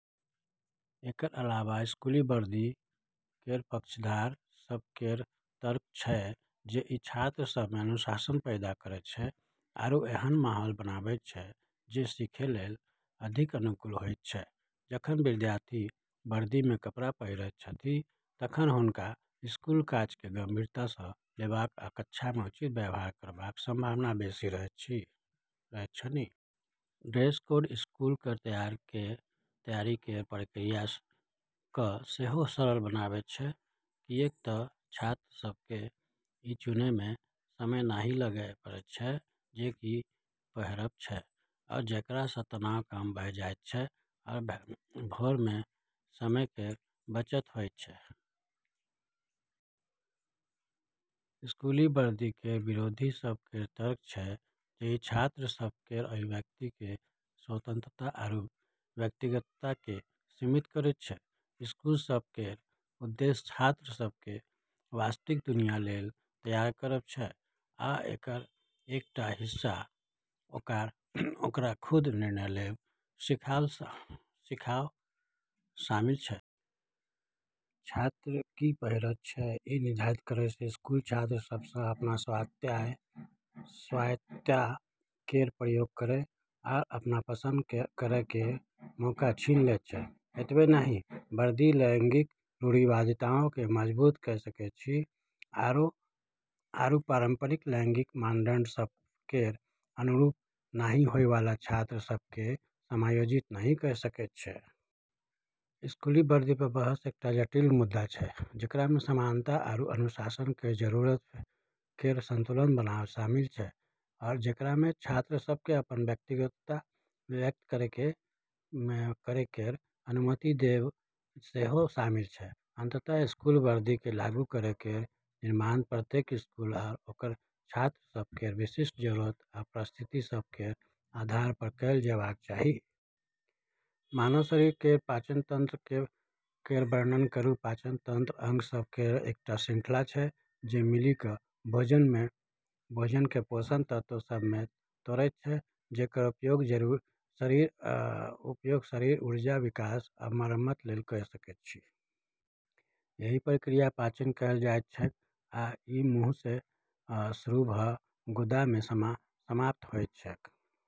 एकर अलावा स्कूली वर्दी केर पक्षधर सभ केर तर्क छै जे ई छात्र सभमे अनुशासन पैदा करैत छै आरू एहन माहौल बनाबैत छै जे सीखै लेल अधिक अनुकूल होइत छै। जखन विद्यार्थी वर्दीमे कपड़ा पहिरैत छथि तखन हुनका स्कूलक काजकेँ गंभीरतासँ लेबाक आ कक्षामे उचित व्यवहार करबाक संभावना बेसी रहैत छनि। ड्रेस कोड स्कूल केर तैयारी केर प्रक्रियाकेँ सेहो सरल बनाबैत छै, किऐक तऽ छात्र सभकेँ ई चुनैमे समय नहि लगै पड़ैत छै जे की पहिरब छै, जेकरासँ तनाव कम भऽ जाइत छै आ भोरमे समय केर बचत होइत छै। स्कूली वर्दी केर विरोधी सभ केर तर्क छै जे ई छात्र सभ केर अभिव्यक्तिकेँ स्वतंत्रता आरू व्यक्तिगतताकेँ सीमित करैत छै। स्कूल सभ केर उद्देश्य छात्र सभकेँ वास्तविक दुनिया लेल तैयार करब छै, आ एकर एकटा हिस्सा ओकरा खुद निर्णय लेब सिखाब शामिल छै। छात्र की पहिरैत छै, ई निर्धारित करैसँ स्कूल छात्र सभसँ अपन स्वायत्तता केर प्रयोग करै आ अपन पसंद करै केर मौका छीन लैत छै। एतबे नहि, वर्दी लैंगिक रूढ़िवादिताकेँ मजबूत कऽ सकैत छै आरू पारंपरिक लैंगिक मानदंड सभ केर अनुरूप नहि होइवाला छात्र सभकेँ समायोजित नहि कऽ सकैत छै। निष्कर्षतः: स्कूली वर्दीपर बहस एकटा जटिल मुद्दा छै जेकरामे समानता आरू अनुशासन केर जरूरत केर संतुलन बनाब शामिल छै, जेकरामे छात्र सभकेँ अपन व्यक्तिगतता व्यक्त करै केर अनुमति देब सेहो शामिल छै। अंततः स्कूली वर्दीकेँ लागू करै केर निर्णय प्रत्येक स्कूल आ ओकर छात्र सभ केर विशिष्ट जरूरत आ परिस्थिति सभ केर आधारपर कएल जेबाक चाही। मानव शरीर केर पाचन तंत्र केर वर्णन करू। पाचन तंत्र अंग सभ केर एकटा श्रृंखला छै जे मिलि कऽ भोजनकेँ पोषक तत्व सभमे तोड़ैत छै जेकर उपयोग शरीर ऊर्जा, विकास आ मरम्मत लेल कऽ सकैत छै। एहि प्रक्रियाकेँ पाचन कहल जाइत छैक, आ ई मुँहसँ शुरू भऽ गुदामे समाप्त होइत छैक।